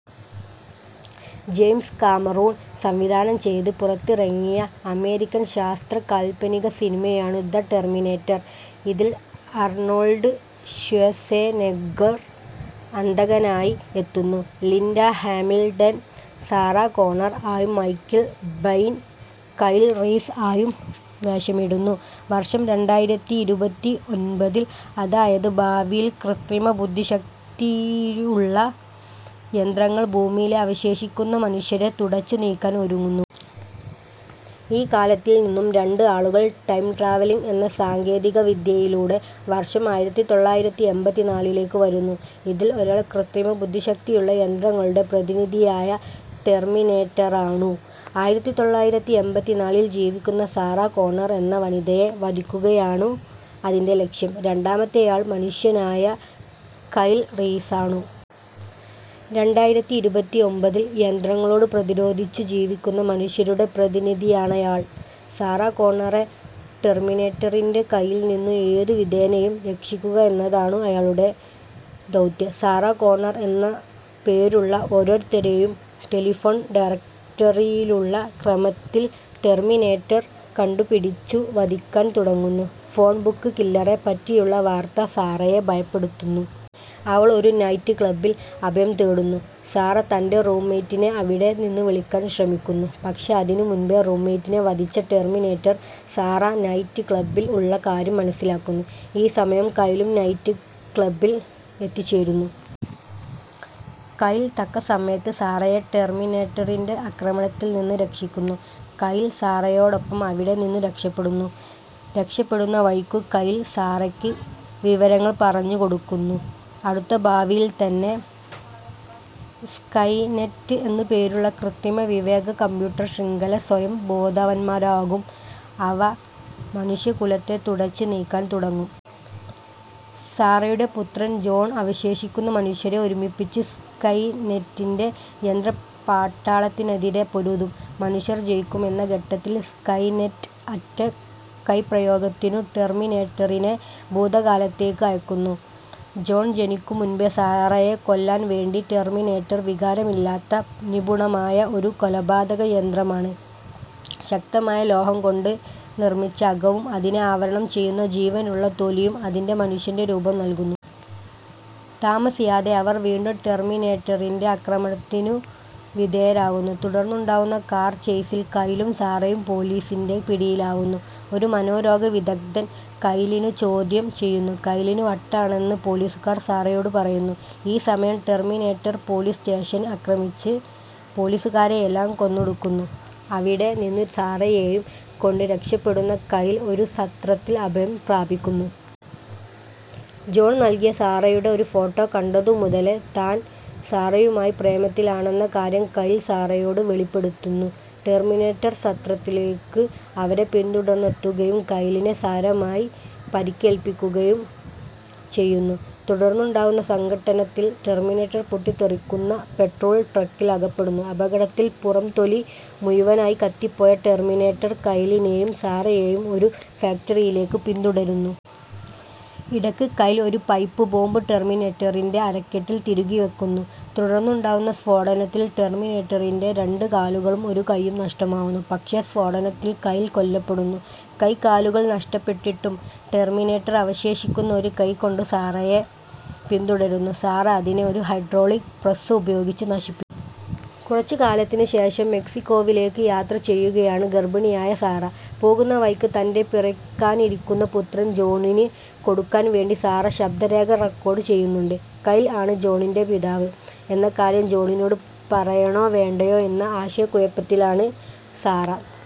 James Cameron സംവിധാനം ചെയ്ത് പുറത്തിറങ്ങിയ അമേരിക്കൻ ശാസ്ത്ര കാല്പനിക സിനിമയാണു ദ ടെർമിനേറ്റർ. ഇതിൽ അർണോൾഡ് ഷ്വാസ്സെനെഗ്ഗർ അന്തകനായി എത്തുന്നു. ലിൻഡ ഹാമിൽടൻ സാറാ കോണർ ആയും മൈക്കിൾ ബൈൻ കൈൽ റീസ് ആയും വേഷമിടുന്നു. വർഷം രണ്ടായിരത്തിഇരുപത്തിഒമ്പതിൽ, അതായത് ഭാവിയിൽ ക്രിത്രിമ ബുദ്ധിശക്തിയുള്ള യന്ത്രങ്ങൾ ഭൂമിയിലെ അവശേഷിക്കുന്ന മനുഷ്യരെ തുടച്ചു നീക്കാൻ ഒരുങ്ങുന്നു. ഈ കാലത്തിൽ നിന്നും രണ്ട് ആളുകൾ ടൈം ട്രാവലിങ്ങ് എന്ന സാങ്കേതിക വിദ്യയിലൂടെ വർഷം ആയിരത്തിതൊള്ളായിരത്തിഎമ്പതിനാലിലേക്ക് വരുന്നു. ഇതിൽ ഒരാൾ ക്രിത്രിമ ബുദ്ധിശക്തിയുള്ള യന്ത്രങ്ങളുടെ പ്രതിനിധിയായ ടെർമിനേറ്ററാണു. ആയിരത്തിതൊള്ളായിരത്തിഎമ്പതിനാലിൽ ജീവിക്കുന്ന സാറാ കോണർ എന്ന വനിതയെ വധിക്കുകയാണു അതിന്റെ ലക്ഷ്യം. രണ്ടാമത്തെയാൾ മനുഷ്യനായ കൈൽ റീസാണു. രണ്ടായിരത്തിഇരുപത്തിഒമ്പതിൽ യന്ത്രങ്ങളോട് പ്രതിരോധിച്ചു ജീവിക്കുന്ന മനുഷ്യരുടെ പ്രതിനിധിയാണയാൾ. സാറാ കോണറെ ടെർമിനേറ്ററിന്റെ കയ്യിൽ നിന്നു ഏതു വിധേനയും രക്ഷിക്കുക എന്നതാണു അയാളുടെ ദൗത്യം. സാറാ കോണർ എന്നു പേരുള്ള ഓരോരുത്തരേയും ടെലിഫോൺ ഡയറക്റ്ററിയിലുള്ള ക്രമത്തിൽ ടെർമിനേറ്റർ കണ്ടു പിടിച്ചു വധിക്കാൻ തുടങ്ങുന്നു. ഫോൺ ബുക്ക് കില്ലറെ പറ്റിയുള്ള വാർത്ത സാറയെ ഭയപ്പെടുത്തുന്നു. അവൾ ഒരു നൈറ്റ് ക്ലബ്ബിൽ അഭയം തേടുന്നു. സാറ തന്റെ റൂം മേറ്റിനെ അവിടെ നിന്നു വിളിക്കാൻ ശ്രമിക്കുന്നു. പക്ഷേ അതിനു മുൻപെ റൂം മേറ്റിനെ വധിച്ച ടെർമിനേറ്റർ സാറ നൈറ്റ് ക്ലബ്ബിൽ ഉള്ള കാര്യം മനസ്സിലാക്കുന്നു. ഈ സമയം കൈലും നൈറ്റ് ക്ലബ്ബിൽ എത്തിച്ചേരുന്നു. കൈൽ തക്ക സമയത്ത് സാറയെ ടെർമിനേറ്ററിന്റെ ആക്രമണത്തിൽ നിന്ന് രക്ഷിക്കുന്നു. കൈൽ സാറയോടൊപ്പം അവിടെ നിന്നു രക്ഷപ്പെടുന്നു. രക്ഷപ്പെടുന്ന വഴിക്കു കൈൽ സാറയ്ക്ക് വിവരങ്ങൾ പറഞ്ഞ് കൊടുക്കുന്നു. അടുത്ത ഭാവിയിൽ തന്നെ സ്കൈനെറ്റ് എന്ന് പേരുള്ള ക്രിത്രിമ വിവേക കമ്പ്യൂട്ടർ ശ്രിംഖല സ്വയം ബോധവാന്മാരാകും. അവ മനുഷ്യ കുലത്തെ തുടച്ച് നീക്കാൻ തുടങ്ങും. സാറയുടെ പുത്രൻ ജോൺ അവശേഷിക്കുന്ന മനുഷ്യരെ ഒരുമിപ്പിച്ച് സ്കൈനെറ്റിന്റെ യന്ത്രപ്പട്ടാളത്തിനെതിരെ പൊരുതും. മനുഷ്യർ ജയിക്കും എന്ന ഘട്ടത്തിൽ സ്കൈനെറ്റ് അറ്റ കൈപ്രയോഗത്തിനു ടെർമിനേറ്ററിനെ ഭൂതകാലത്തേക്ക് അയക്കുന്നു, ജോൺ ജനിക്കും മുൻപേ സാറയെ കൊല്ലാൻ വേണ്ടി. ടെർമിനേറ്റർ വികാരമില്ലാത്ത നിപുണമായ ഒരു കൊലപാതക യന്ത്രമാണ്. ശക്തമായ ലോഹം കൊണ്ട് നിർമ്മിച്ച അകവും അതിനെ ആവരണം ചെയ്യുന്ന ജീവനുള്ള തൊലിയും അതിന് മനുഷ്യന്റെ രൂപം നൽകുന്നു. താമസിയാതെ അവർ വീണ്ടും ടെർമിനേറ്ററിന്റെ ആക്രമണതിനു വിധേയരാവുന്നു. തുടർന്നുണ്ടാവുന്ന കാർ ചെയ്സിൽ കൈലും സാറയും പോലീസിന്റെ പിടിയിലാവുന്നു. ഒരു മനോരോഗ വിദഗ്ദ്ധൻ കൈലിനെ ചൊദ്യം ചെയ്യുന്നു. കൈലിന് വട്ടാണെന്ന് പോലീസുകാർ സാറയോട് പറയുന്നു. ഈ സമയം ടെർമിനേറ്റർ പോലീസ് സ്റ്റേഷൻ ആക്രമിച്ച് പോലീസുകാരെയെല്ലാം കൊന്നൊടുക്കുന്നു. അവിടെ നിന്നു സാറയെയും കൊണ്ട് രക്ഷപ്പെടുന്ന കൈൽ ഒരു സത്രത്തിൽ അഭയം പ്രാപിക്കുന്നു. ജോൺ നൽകിയ സാറയുടെ ഒരു ഫോട്ടോ കണ്ടതു മുതലേ താൻ സാറയുമായ് പ്രേമത്തിലാണെന്ന കാര്യം കൈൽ സാറയോട് വെളിപ്പെടുത്തുന്നു. ടെർമിനേറ്റർ സത്രത്തിലേക്ക് അവരെ പിന്തുടർന്നെത്തുകയും കൈലിനെ സാരമായ് പരിക്കേൽപ്പിക്കുകയും ചെയ്യുന്നു. തുടർന്നുണ്ടാവുന്ന സംഘട്ടനത്തിൽ ടെർമിനേറ്റർ പൊട്ടിത്തെറിക്കുന്ന പെട്രോൾ ട്രക്കിൽ അകപ്പെടുന്നു. അപകടത്തിൽ പുറം തൊലി മുഴുവനായ് കത്തിപ്പോയ ടെർമിനേറ്റർ കൈലിനേയും സാറയേയും ഒരു ഫാക്ടറിയിലേക്ക് പിന്തുടരുന്നു. ഇടയ്ക്ക് കൈൽ ഒരു പൈപ്പ് ബോംബ് ടെർമിനേറ്ററിന്റെ അരക്കെട്ടിൽ തിരുകിവയ്ക്കുന്നു. തുടർന്നുണ്ടാവുന്ന സ്ഫോടനത്തിൽ ടെർമിനേറ്ററിന്റെ രണ്ട് കാലുകളും ഒരു കൈയ്യും നഷ്ടമാവുന്നു. പക്ഷേ സ്ഫോടനത്തിൽ കൈൽ കൊല്ലപ്പെടുന്നു. കൈകാലുകൾ നഷ്ടപ്പെട്ടിട്ടും ടെർമിനേറ്റർ അവശേഷിക്കുന്ന ഒരു കൈ കൊണ്ട് സാറയെ പിന്തുടരുന്നു. സാറ അതിനെ ഒരു ഹൈഡ്രോളിക് പ്രസ്സ് ഉപയോഗിച്ച് നശിപ്പിക്കുന്നു. കുറച്ച് കാലത്തിന് ശേഷം മെക്സിക്കോവിലേക്ക് യാത്ര ചെയ്യുകയാണ് ഗർഭിണിയായ സാറ. പോകുന്ന വഴിക്ക് തന്റെ പിറക്കാനിരിക്കുന്ന പുത്രൻ ജോണിന് കൊടുക്കാൻ വേണ്ടി സാറ ശബ്ദരേഖ റെക്കോഡ് ചെയ്യുന്നുണ്ട്. കൈൽ ആണ് ജോണിന്റെ പിതാവ് എന്ന കാര്യം ജോണിനോട് പറയണോ വേണ്ടയോ എന്ന ആശയക്കുഴപ്പത്തിലാണ് സാറ.